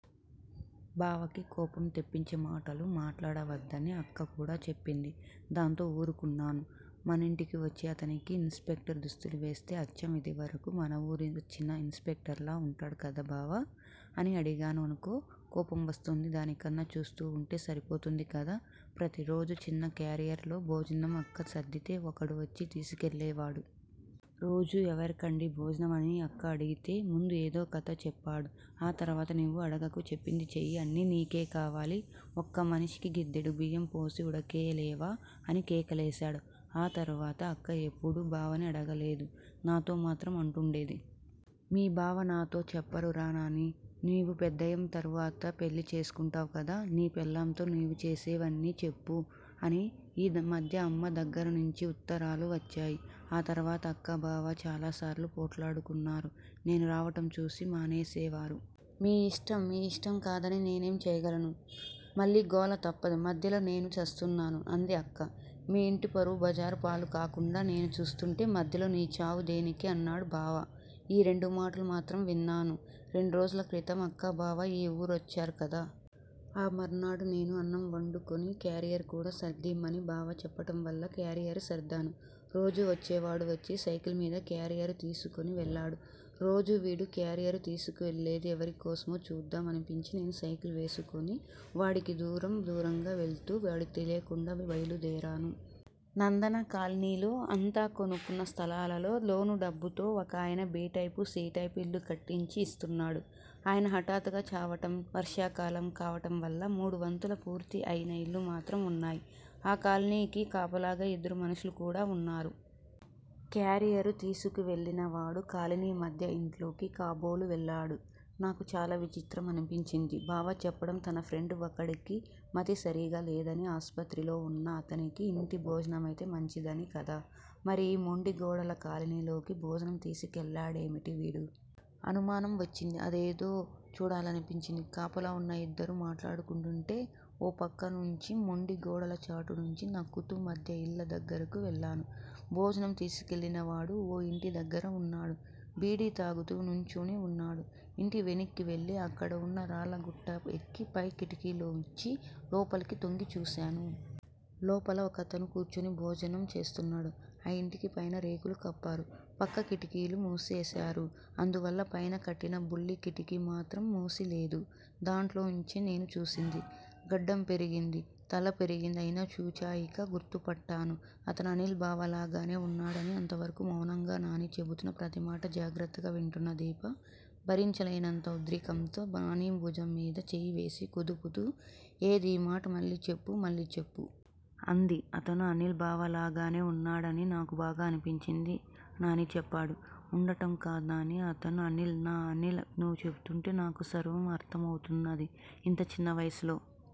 బావకి కోపం తెప్పించేమాటలు మాట్లాడవద్దని అక్క కూడా చెప్పింది. దాంతో వూరుకున్నాను. మనింటికి వచ్చే అతనికి ఇన్ స్పెక్టర్ దుస్తులువేస్తే అచ్చం ఇదివరకు మనవూరు వచ్చిన ఇన్ స్పెక్టర్ లా వుంటాడు కదా బావా! అని అడిగాననుకో కోపం వస్తుంది దానికన్నా చూస్తూవుంటే సరిపోతుందికదా! ప్రతిరోజు చిన్న క్యారియర్ లో భోజనం అక్క సర్దితే వకడు వచ్చి తీసుకెళ్ళేవాడు. రోజూ ఎవరికండీ భోజనం! అని అక్క అడిగితే ముందు ఏదో కధ చెప్పాడు. ఆ తర్వాత నీవు అడగకు చెప్పింది చేయి అన్నీ నీకే కావాలి. వక్క మనిషికి గిద్దెడు బియ్యం పోసి వుడకెయ్యలేవా! అని కేకలేసాడు. ఆ తర్వాత అక్క ఎప్పుడూ బావని అడగలేదు నాతో మాత్రం అంటుండేది. మీ బావ నాతో చెప్పరురా నానీ! నీవు పెద్దయం తరువాత పెళ్ళి చేసుకుంటావు కదా, నీ పెళ్ళాంతో నీవు చేసేవి అన్నీ చెప్పు. అని. ఈ మధ్య అమ్మ దగ్గరనుంచి వుత్తరాలు వచ్చాయి. ఆ తర్వాత అక్క బావ చాలాసార్లు పోట్లాడుకున్నారు. నేను రావటం చూసి మానేసేవారు. మీ యిష్టం. మీ యిష్టంకాదని నేనేం చేయగలను. మళ్లీ గోల తప్పదు మధ్యలో నేను చస్తున్నాను. అంది అక్క. మీ ఇంటి పరువు బజారుపాలు కాకుండా నేను చూస్తుంటే మధ్యలో నీ చావు దేనికి! అన్నాడు బావ. ఈ రెండు మాటలు మాత్రం విన్నాను. రెండురోజుల క్రితం అక్కా బావ ఈ వూరువచ్చారు కదా. ఆ మర్నాడు నేను అన్నం వండుకుని క్యారియర్ కూడా సర్దియిమ్మని బావ చెప్పటంవల్ల క్యారియర్ సర్దాను. రోజూ వచ్చేవాడు వచ్చి సైకిల్ మీద క్యారియరు తీసుకుని వెళ్ళాడు. రోజూ వీడు క్యారియరు తీసుకువెళ్ళేది ఎవరికోసమో చూద్దాం అనిపించి నేను సైకిలు వేసుకుని వాడికి దూరం దూరంగ వెళుతూ వాడికి తెలియకుండా బైలుదేరాను. నందన కాలనీలో అంతా కొనుక్కున్న స్థలాలలో లోను డబ్బుతో వకాయన బి టైపు, సి టైపు ఇల్లు కట్టించి యిస్తున్నాడు. ఆయన హటాత్తుగా చావటం వర్షాకాలం, కావటం వల్ల మూడువంతుల పూర్తి అయిన ఇళ్ళు మాత్రం వున్నాయి. ఆ కాలనీకి కాపలాగా ఇద్దరు మనుషులు కూడా వున్నారు. క్యారియరు తీసుకువెళ్ళినవాడు కాలనీ మధ్య ఇంట్లోకి కాబోలు వెళ్లాడు. నాకు చాలా విచిత్రం అనిపించింది. బావ చెప్పడం తన ఫ్రెండ్ వకడికి మతి సరీగ లేదని ఆస్పత్రిలో వున్న అతనికి ఇంటి భోజనం అయితే మంచిదని కదా! మరి ఈ మొండిగోడల కాలనీలోకి భోజనం తీసుకెళ్ళాడేమిటి వీడు! అనుమానం వచ్చింది. అదేదో చూడాలనిపించింది. కాపలావున్న యిద్దరు మాట్లాడుకుంటుంటే ఓ పక్క నుంచి మొండి గోడల చాటునుంచి నక్కుతూ మధ్య యిళ్ళ దగ్గరకు వెళ్లాను. భోజనం తీసుకెళ్ళినవాడు ఓ యింటిదగ్గర వున్నాడు. బీడీ తాగుతూ నుంచుని వున్నాడు. యింటి వెనక్కి వెళ్ళి అక్కడ వున్న రాళ్ళగుట్ట ఎక్కి పై కిటికీలోంచి లోపలికి తొంగి చూశాను. లోపల వకతను కూర్చుని భోజనం చేస్తున్నాడు. ఆ యింటికి పైన రేకులు కప్పారు. పక్క కిటికీలు మూసేశారు. అందువల్ల పైన కట్టిన బుల్లి కిటికీ మాత్రం మూసిలేదు. దాంట్లోంచే నేను చూసింది. గడ్డం పెరిగింది. తల పెరిగింది అయినా చూచాయిగ గుర్తుపట్టాను. అతను అనిల్ బావలాగానే వున్నాడని అంతవరకూ మౌనంగా నాని చెపుతున్న ప్రతిమాట జాగ్రత్తగ వింటున్న దీప భరించలేనంత ఉద్రేకంతో నాని భుజంమీద చేయివేసి కుదుపుతూ ఏదీ ఈ మాట మళ్ళీ చెప్పు, మళ్ళీ చెప్పు. అంది. అతను అనిల్ బావలాగానే వున్నాడని నాకు బాగా అనిపించింది. నాని చెప్పాడు. ఉండటం కాదు నానీ! అతను అనిల్ నా అనిల్ నీవు చెపుతుంటే నాకు సర్వం అర్ధమవుతున్నది. ఇంత చిన్న వయసులో